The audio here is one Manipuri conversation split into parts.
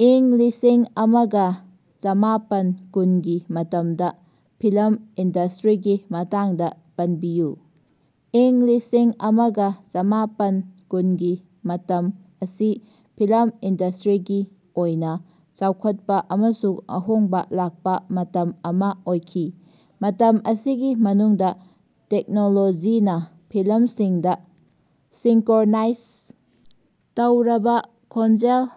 ꯏꯪ ꯂꯤꯁꯤꯡ ꯑꯃꯒ ꯆꯃꯥꯄꯟ ꯀꯨꯟꯒꯤ ꯃꯇꯝꯗ ꯐꯤꯂꯝ ꯏꯟꯗꯁ꯭ꯇꯔꯤꯒꯤ ꯃꯇꯥꯡꯗ ꯄꯟꯕꯤꯌꯨ꯫ ꯏꯪ ꯂꯤꯁꯤꯡ ꯑꯃꯒ ꯆꯃꯥꯄꯟ ꯀꯨꯟꯒꯤ ꯃꯇꯝ ꯑꯁꯤ ꯐꯤꯂꯝ ꯏꯟꯗꯁ꯭ꯇꯔꯤꯒꯤ ꯑꯣꯏꯅ ꯆꯥꯎꯈꯠꯄ ꯑꯃꯁꯨꯡ ꯑꯍꯣꯡꯕ ꯂꯥꯛꯄꯥ ꯃꯇꯝ ꯑꯃꯥ ꯑꯣꯏꯈꯤ꯫ ꯃꯇꯝ ꯑꯁꯤꯒꯤ ꯃꯅꯨꯡꯗꯥ ꯇꯦꯛꯅꯣꯂꯣꯖꯤꯅꯥ ꯐꯤꯂꯝꯁꯤꯡꯗ ꯁꯤꯡꯀꯔꯣꯅꯥꯏꯖ ꯇꯧꯔꯕꯥ ꯈꯣꯟꯖꯦꯜ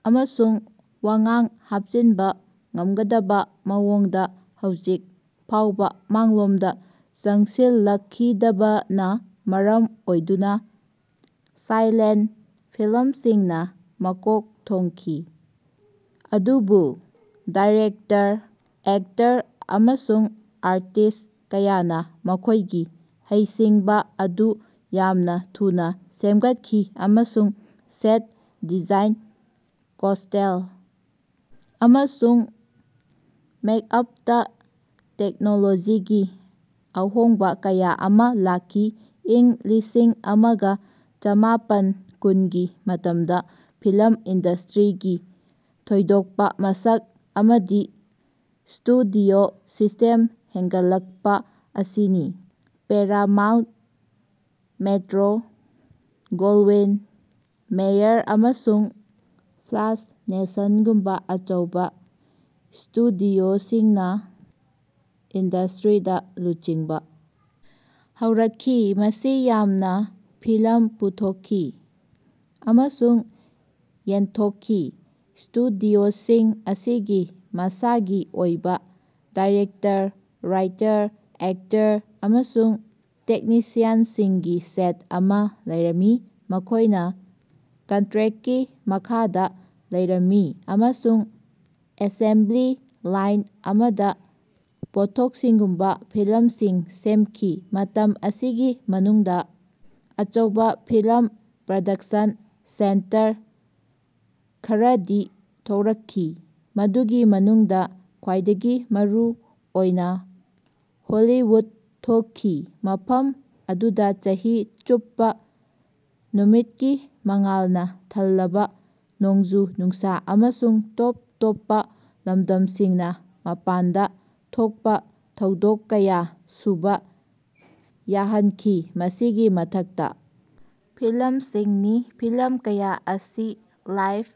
ꯑꯃꯁꯨꯡ ꯋꯥꯉꯥꯡ ꯍꯥꯞꯆꯤꯟꯕꯥ ꯉꯝꯒꯗꯕꯥ ꯃꯑꯣꯡꯗꯥ ꯍꯧꯖꯤꯛ ꯐꯥꯎꯕ ꯃꯥꯡꯂꯣꯝꯗ ꯆꯪꯁꯤꯜꯂꯛꯈꯤꯗꯕꯅꯥ ꯃꯔꯝ ꯑꯣꯏꯗꯨꯅ ꯁꯥꯏꯂꯦꯟꯇ ꯐꯤꯂꯝꯁꯤꯡꯅꯥ ꯃꯀꯣꯛ ꯊꯣꯡꯈꯤ꯫ ꯑꯗꯨꯕꯨ ꯗꯥꯏꯔꯦꯛꯇꯔ, ꯑꯦꯛꯇꯔ ꯑꯃꯁꯨꯡ ꯑꯥꯔꯇꯤꯁ꯭ꯠ ꯀꯌꯥꯅꯥ ꯃꯈꯣꯏꯒꯤ ꯍꯩꯁꯤꯡꯕꯥ ꯑꯗꯨ ꯌꯥꯝꯅꯥ ꯊꯨꯅꯥ ꯁꯦꯝꯒꯠꯈꯤ, ꯑꯃꯁꯨꯡ ꯁꯦꯠ ꯗꯤꯖꯥꯏꯟ, ꯀꯣꯁꯇꯦꯜ ꯑꯃꯁꯨꯡ ꯃꯦꯛꯑꯥꯞꯇꯥ ꯇꯦꯛꯅꯣꯂꯣꯖꯤꯒꯤ ꯑꯍꯣꯡꯕꯥ ꯀꯌꯥ ꯑꯃꯥ ꯂꯥꯛꯈꯤ꯫ ꯏꯪ ꯂꯤꯁꯤꯡ ꯑꯃꯒ ꯆꯃꯥꯄꯟ ꯀꯨꯟꯒꯤ ꯃꯇꯝꯗ ꯐꯤꯂꯝ ꯏꯟꯗꯁꯇ꯭ꯔꯤꯒꯤ ꯊꯣꯏꯗꯣꯛꯄꯥ ꯃꯁꯛ ꯑꯃꯗꯤ ꯁ꯭ꯇꯨꯗꯤꯑꯣ ꯁꯤꯁ꯭ꯇꯦꯝ ꯍꯦꯟꯒꯠꯂꯛꯄꯥ ꯑꯁꯤꯅꯤ꯫ ꯄꯦꯔꯥꯃꯥꯎꯟꯠ, ꯃ‌ꯦꯇꯔ‌ꯣ ꯒ‌ꯣꯜꯋꯤꯟ ꯃꯌꯔ ꯑꯃꯁꯨꯡ ꯐꯥꯔꯁ꯭ꯠ ꯅꯦꯁ꯭ꯅꯦꯜꯒꯨꯝꯕ ꯑꯆꯧꯕ ꯁ꯭ꯇꯨꯗꯤꯑꯣꯁꯤꯡꯅ ꯏꯟꯗꯁꯇ꯭ꯔꯤꯗꯥ ꯂꯨꯆꯤꯡꯕꯥ ꯍꯧꯔꯛꯈꯤ, ꯃꯁꯤꯡ ꯌꯥꯝꯅ ꯐꯤꯂꯝ ꯄꯨꯊꯣꯛꯈꯤ ꯑꯃꯁꯨꯡ ꯌꯦꯟꯊꯣꯛꯈꯤ꯫ ꯁ꯭ꯇꯨꯗꯤꯑꯣꯁꯤꯡ ꯑꯁꯤꯒꯤ ꯃꯁꯥꯒꯤ ꯑꯣꯏꯕꯥ ꯗꯥꯏꯔꯦꯛꯇꯔ, ꯔꯥꯏꯇꯔ, ꯑꯦꯛꯇꯔ ꯑꯃꯁꯨꯡ ꯇꯦꯛꯅꯤꯁꯤꯌꯟꯁꯤꯡꯒꯤ ꯁꯦꯠ ꯑꯃꯥ ꯂꯩꯔꯝꯃꯤ ꯃꯈꯣꯏꯅꯥ ꯀꯟꯇꯔꯦꯛꯀꯤ ꯃꯈꯥꯗꯥ ꯂꯩꯔꯝꯃꯤ ꯑꯃꯁꯨꯡ ꯑꯦꯁꯦꯝꯕꯂꯤ ꯂꯥꯏꯟ ꯑꯃꯗꯥ ꯄꯣꯠꯊꯣꯛꯁꯤꯡꯒꯨꯝꯕ ꯐꯤꯂꯝꯁꯤꯡ ꯁꯦꯝꯈꯤ꯫ ꯃꯇꯝ ꯑꯁꯤꯒꯤ ꯃꯅꯨꯡꯗꯥ ꯑꯆꯧꯕꯥ ꯐꯤꯂꯝ ꯄ꯭ꯔꯣꯗꯛꯁꯟ ꯁꯦꯟꯇꯔ ꯈꯔꯗꯤ ꯊꯣꯔꯛꯈꯤ, ꯃꯗꯨꯒꯤ ꯃꯅꯨꯡꯗ ꯈ꯭ꯋꯥꯏꯗꯒꯤ ꯃꯔꯨ ꯑꯣꯏꯅꯥ ꯍꯣꯂꯤꯋꯨꯗꯇꯥ ꯊꯣꯛꯈꯤ, ꯃꯐꯝ ꯑꯗꯨꯗꯥ ꯆꯍꯤ ꯆꯨꯞꯄꯥ ꯅꯨꯃꯤꯠꯀꯤ ꯃꯉꯥꯜꯅꯥ ꯊꯜꯂꯕꯥ ꯅꯣꯡꯖꯨ-ꯅꯨꯡꯁꯥ ꯑꯃꯁꯨꯡ ꯇꯣꯞ ꯇꯣꯞꯄꯥ ꯂꯝꯗꯝꯁꯤꯡꯅꯥ ꯃꯄꯥꯟꯗꯥ ꯊꯣꯛꯄꯥ ꯊꯧꯗꯣꯛ ꯀꯌꯥ ꯁꯨꯕꯥ ꯌꯥꯍꯟꯈꯤ꯫ ꯃꯁꯤꯒꯤ ꯃꯊꯛꯇꯥ, ꯐꯤꯂꯝꯁꯤꯡꯅꯤ꯫ ꯐꯤꯂꯝ ꯀꯌꯥ ꯑꯁꯤ ꯂꯥꯏꯐ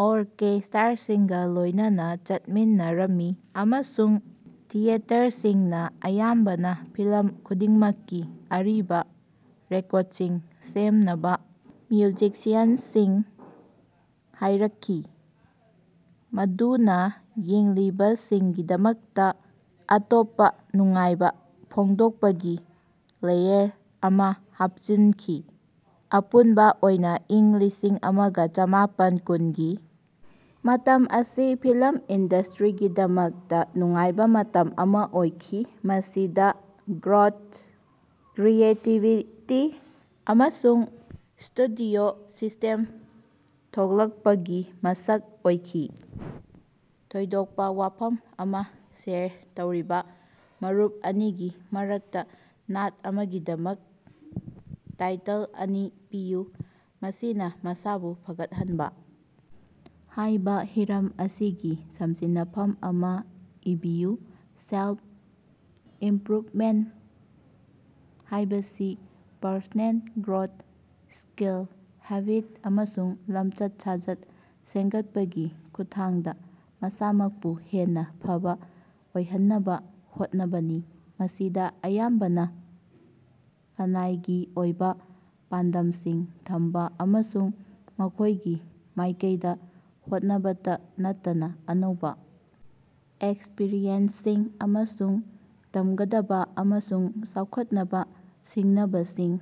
ꯑꯣꯔꯀꯦꯁ꯭ꯇꯔꯥꯁꯤꯡꯒꯥ ꯂꯣꯏꯅꯅꯥ ꯆꯠꯃꯤꯟꯅꯔꯝꯃꯤ, ꯑꯃꯁꯨꯡ ꯊꯤꯌꯦꯇꯔꯁꯤꯡꯅꯥ ꯑꯌꯥꯝꯕꯅ ꯐꯤꯂꯝ ꯈꯨꯗꯤꯡꯃꯛꯀꯤ ꯑꯔꯤꯕꯥ ꯁ꯭ꯀꯣꯔꯁꯤꯡ ꯁꯦꯝꯅꯕ ꯃ꯭ꯌꯨꯖꯤꯁꯤꯌꯥꯟꯁꯤꯡ ꯍꯥꯏꯔꯛꯈꯤ, ꯃꯗꯨꯅꯥ ꯌꯦꯡꯂꯤꯕꯁꯤꯡꯒꯤꯗꯃꯛꯇ ꯑꯇꯣꯞꯄ ꯅꯨꯡꯉꯥꯏꯕ ꯐꯣꯡꯗꯣꯛꯄꯒꯤ ꯂꯦꯌꯔ ꯑꯃꯥ ꯍꯥꯞꯆꯤꯟꯈꯤ꯫ ꯑꯄꯨꯟꯕ ꯑꯣꯏꯅꯥ, ꯏꯪ ꯂꯤꯁꯤꯡ ꯑꯃꯒ ꯆꯃꯥꯄꯟ ꯀꯨꯟꯒꯤ ꯃꯇꯝ ꯑꯁꯤ ꯐꯤꯂꯝ ꯏꯟꯗꯁꯇ꯭ꯔꯤꯒꯤꯗꯃꯛꯇ ꯅꯨꯡꯉꯥꯏꯕꯥ ꯃꯇꯝ ꯑꯃꯥ ꯑꯣꯏꯈꯤ, ꯃꯁꯤꯗꯥ ꯒ꯭ꯔꯣꯊ, ꯀ꯭ꯔꯤꯌꯦꯇꯤꯕꯤꯇꯤ ꯑꯃꯁꯨꯡ ꯁ꯭ꯇꯨꯗꯤꯑꯣ ꯁꯤꯁꯇꯦꯝ ꯊꯣꯔꯛꯄꯒꯤ ꯃꯁꯛ ꯑꯣꯏꯈꯤ꯫ ꯊꯣꯏꯗꯣꯛꯄꯥ ꯋꯥꯐꯝ ꯑꯃꯥ ꯁꯦꯌꯔ ꯇꯧꯔꯤꯕꯥ ꯃꯔꯨꯞ ꯑꯅꯤꯒꯤ ꯃꯔꯃꯗꯥ ꯅꯥꯠ ꯑꯃꯒꯤꯗꯃꯛ ꯇꯥꯏꯇꯜ ꯑꯅꯤ ꯄꯤꯌꯨ꯫ ꯃꯁꯥꯅꯥ ꯃꯁꯥꯕꯨ ꯐꯒꯠꯍꯟꯕ ꯍꯥꯏꯕ ꯍꯤꯔꯝ ꯑꯁꯤꯒꯤ ꯁꯝꯖꯤꯟꯅꯐꯝ ꯑꯃꯥ ꯏꯕꯤꯌꯨ꯫ ꯁꯦꯜꯐ-ꯏꯝꯄ꯭ꯔꯨꯚꯃꯦꯟꯠ ꯍꯥꯏꯕꯁꯤ ꯄꯔꯁꯣꯅꯦꯜ ꯒ꯭ꯔꯣꯊ, ꯁ꯭ꯀꯤꯜ, ꯍꯦꯕꯤꯠ ꯑꯃꯁꯨꯡ ꯂꯝꯆꯠ-ꯁꯥꯖꯠ ꯁꯦꯝꯒꯠꯄꯒꯤ ꯈꯨꯠꯊꯥꯡꯗ ꯃꯁꯥꯃꯛꯄꯨ ꯍꯦꯟꯅ ꯐꯕ ꯑꯣꯏꯍꯟꯅꯕ ꯍꯣꯠꯅꯕꯅꯤ꯫ ꯃꯁꯤꯗꯥ ꯑꯌꯥꯝꯕꯅ ꯂꯅꯥꯏꯒꯤ ꯑꯣꯏꯕ ꯄꯥꯟꯗꯝꯁꯤꯡ ꯊꯝꯕꯥ ꯑꯃꯁꯨꯡ ꯃꯈꯣꯏꯒꯤ ꯃꯥꯏꯀꯩꯗ ꯍꯣꯠꯅꯕꯇ ꯅꯠꯇꯅ ꯑꯅꯧꯕꯥ ꯑꯦꯛꯁꯄꯤꯔꯤꯌꯦꯟꯁꯁꯤꯡ ꯑꯃꯁꯨꯡ ꯇꯝꯒꯗꯕ ꯑꯃꯁꯨꯡ ꯆꯥꯎꯈꯠꯅꯕ ꯁꯤꯡꯅꯕꯁꯤꯡ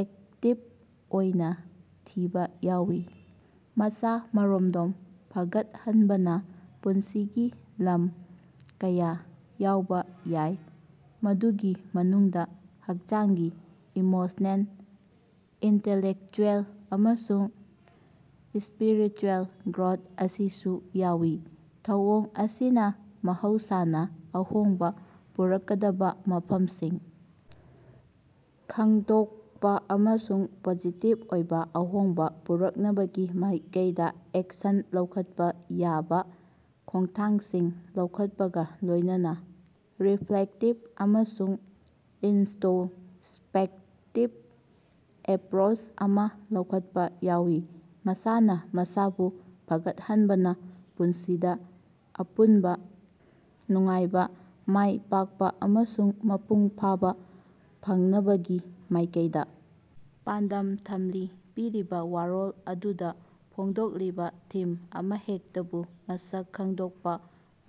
ꯑꯦꯛꯇꯤꯕ ꯑꯣꯏꯅ ꯊꯤꯕ ꯌꯥꯎꯏ꯫ ꯃꯁꯥ-ꯃꯔꯣꯝꯗꯣꯝ ꯐꯒꯠꯍꯟꯕꯅ ꯄꯨꯟꯁꯤꯒꯤ ꯂꯝ ꯀꯌꯥ ꯌꯥꯎꯕꯥ ꯌꯥꯏ, ꯃꯗꯨꯒꯤ ꯃꯅꯨꯡꯗ ꯍꯛꯆꯥꯡꯒꯤ, ꯏꯃꯣꯁꯅꯦꯜ, ꯏꯟꯇꯦꯂꯦꯛꯆꯨꯑꯦꯜ ꯑꯃꯁꯨꯡ ꯁ꯭ꯄꯤꯔꯤꯆꯨꯑꯦꯜ ꯒ꯭ꯔꯣꯊ ꯑꯁꯤꯁꯨ ꯌꯥꯎꯏ꯫ ꯊꯧꯑꯣꯡ ꯑꯁꯤꯅꯥ ꯃꯍꯧꯁꯥꯅꯥ ꯑꯍꯣꯡꯕꯥ ꯄꯨꯔꯛꯀꯗꯕꯥ ꯃꯐꯝꯁꯤꯡ ꯈꯪꯗꯣꯛꯄꯥ ꯑꯃꯁꯨꯡ ꯄꯣꯖꯤꯇꯤꯕ ꯑꯣꯏꯕ ꯑꯍꯣꯡꯕ ꯄꯨꯔꯛꯅꯕꯒꯤ ꯃꯥꯏꯀꯩꯗꯥ ꯑꯦꯛꯁꯟ ꯂꯧꯈꯠꯄ ꯌꯥꯕ ꯈꯣꯡꯊꯥꯡꯁꯤꯡ ꯂꯧꯈꯠꯄꯒ ꯂꯣꯏꯅꯅꯥ ꯔꯤꯐ꯭ꯂꯦꯛꯇꯤꯕ ꯑꯃꯁꯨꯡ ꯏꯟꯇꯔꯣꯁ꯭ꯄꯦꯛꯇꯤꯕ ꯑꯦꯄꯔꯣꯆ ꯑꯃꯥ ꯂꯧꯈꯠꯄ ꯌꯥꯎꯏ꯫ ꯃꯁꯥꯅꯥ ꯃꯁꯥꯕꯨ ꯐꯒꯠꯍꯟꯕꯅꯥ ꯄꯨꯟꯁꯤꯗꯥ ꯑꯄꯨꯟꯕ ꯅꯨꯡꯉꯥꯏꯕꯥ, ꯃꯥꯏ ꯄꯥꯛꯄꯥ ꯑꯃꯁꯨꯡ ꯃꯄꯨꯡ ꯐꯥꯕꯥ ꯐꯪꯅꯕꯒꯤ ꯃꯥꯏꯀꯩꯗꯥ ꯄꯥꯟꯗꯝ ꯊꯝꯂꯤ꯫ ꯄꯤꯔꯤꯕꯥ ꯋꯥꯔꯣꯜ ꯑꯗꯨꯗ ꯐꯣꯡꯗꯣꯛꯂꯤꯕꯥ ꯊꯤꯝ ꯑꯃꯍꯦꯛꯇꯕꯨ ꯃꯁꯛ ꯈꯪꯗꯣꯛꯄꯥ꯫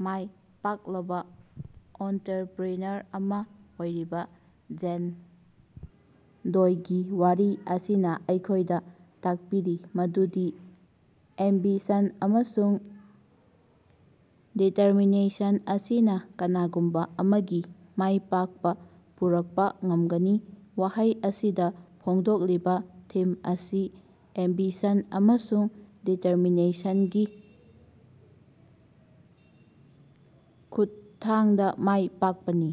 ꯃꯥꯏ ꯄꯥꯛꯂꯕꯥ ꯑꯣꯟꯇꯔꯄꯔꯤꯅꯔ ꯑꯃꯥ ꯑꯣꯏꯔꯤꯕꯥ ꯖꯦꯟ ꯗꯣꯏꯒꯤ ꯋꯥꯔꯤ ꯑꯁꯤꯅ ꯑꯩꯈꯣꯏꯗ ꯇꯥꯛꯄꯤꯔꯤ ꯃꯗꯨꯗꯤ ꯑꯦꯝꯕꯤꯁꯟ ꯑꯃꯁꯨꯡ ꯗꯤꯇꯔꯃꯤꯅꯦꯁꯟ ꯑꯁꯤꯅ ꯀꯅꯥꯒꯨꯝꯕ ꯑꯃꯒꯤ ꯃꯥꯏꯄꯥꯛꯄ ꯄꯨꯔꯛꯄ ꯉꯝꯒꯅꯤ꯫ ꯋꯥꯍꯩ ꯑꯁꯤꯗ ꯐꯣꯡꯗꯣꯛꯂꯤꯕꯥ ꯊꯤꯝ ꯑꯁꯤ ꯑꯦꯝꯕꯤꯁꯟ ꯑꯃꯁꯨꯡ ꯗꯤꯇꯔꯃꯤꯅꯦꯁꯟꯒꯤ ꯈꯨꯠꯊꯥꯡꯗ ꯃꯥꯏ ꯄꯥꯛꯄꯅꯤ꯫